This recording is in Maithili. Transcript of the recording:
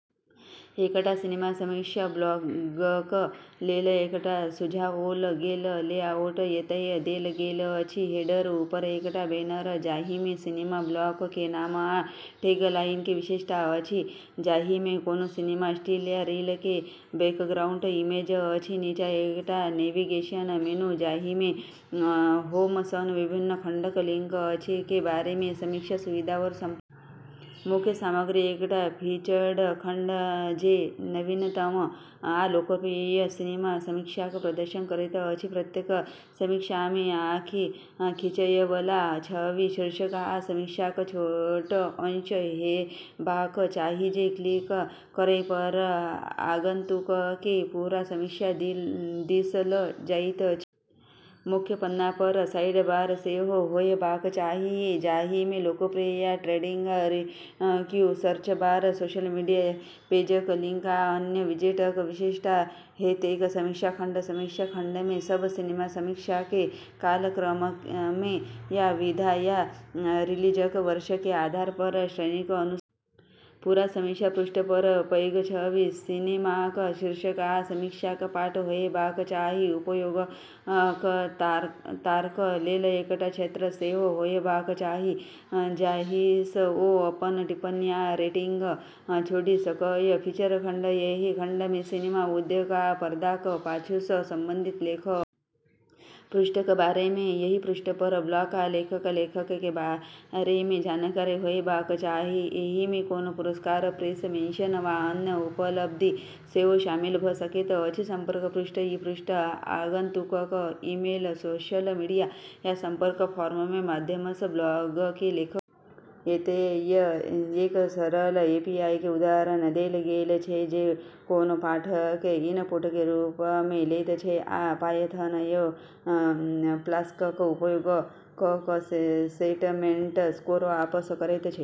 एकटा सिनेमा समीक्षा ब्लॉगक लेल एकटा सुझाओल गेल लेआउट एतय देल गेल अछि: हेडर: ऊपर एकटा बैनर जाहिमे सिनेमा ब्लॉग के नाम आ टैगलाइन के विशेषता अछि, जाहिमे कोनो सिनेमा स्टिल या रील के बैकग्राउंड इमेज अछि नीचा एकटा नेविगेशन मेनू, जाहिमे होम सन विभिन्न खंडक लिंक अछि, के बारेमे, समीक्षा, सुविधा, और संपर्क। मुख्य सामग्री: एकटा फीचर्ड खंड जे नवीनतम आ लोकप्रिय सिनेमा समीक्षाक प्रदर्शन करैत अछि प्रत्येक समीक्षामे आँखि खींचयवला छवि, शीर्षक, आ समीक्षाक छोट अंश हेबाक चाही, जे क्लिक करयपर आगंतुककेँ पूरा समीक्षा दिस ल' जाइत अछि. मुख्य पन्नापर साइडबार सेहो होयबाक चाहियै, जाहिमे लोकप्रिय या trending review, search bar, social media पेजक लिंक, आ अन्य विजेटक विशेषता हेतैक। समीक्षा खंड: समीक्षा खंडमे सब सिनेमा समीक्षाके कालक्रममे या विधा या रिलीजक वर्षके आधारपर श्रेणीक अनुसार छानल जयबाक चाही प्रत्येक समीक्षाक लेआउट समान होयबाक चाही, जाहिमे छवि, शीर्षक, आ एकटा अंश होयबाक चाही जाहिमे पूरा समीक्षाक लिंक हो। पूरा समीक्षा पृष्ठपर पैघ छवि, सिनेमाक शीर्षक, आ समीक्षाक पाठ होयबाक चाही। उपयोगकर्ताक लेल एकटा क्षेत्र सेहो होयबाक चाही जाहिसँ ओ अपन टिप्पणी आ रेटिंग छोड़ि सकय। फीचर खंड: एहि खंडमे सिनेमा उद्योग आ पर्दाक पाछुसँ संबंधित लेख आ फीचर शामिल भ' सकैत अछि एहिमे अभिनेता, निर्देशक, आ अन्य सिनेमा सँ जुड़ल सामग्रीक साक्षात्कार सेहो शामिल भ' सकैत अछि। पृष्ठक बारेमे: एहि पृष्ठपर ब्लॉग आ लेखक (लेखक) के बारेमे जानकारी होयबाक चाही। एहिमे कोनो पुरस्कार, प्रेस मेन्शन, वा अन्य उपलब्धि सेहो शामिल भ' सकैत अछि। संपर्क पृष्ठ: ई पृष्ठ आगंतुकक ईमेल, सोशल मीडिया, या संपर्क फॉर्म के माध्यमसँ ब्लॉगके लेखकसँ संपर्क करयके तरीका उपलब्ध करयबाक चाही। एतय एक सरल एपीआई के उदाहरण देल गेल छै जे कोनो पाठकेँ इनपुटके रूपमे लैत छै आ पायथन एवं फ्लास्कक उपयोग क' क' सेंटमेंट स्कोर आपस करैत छै।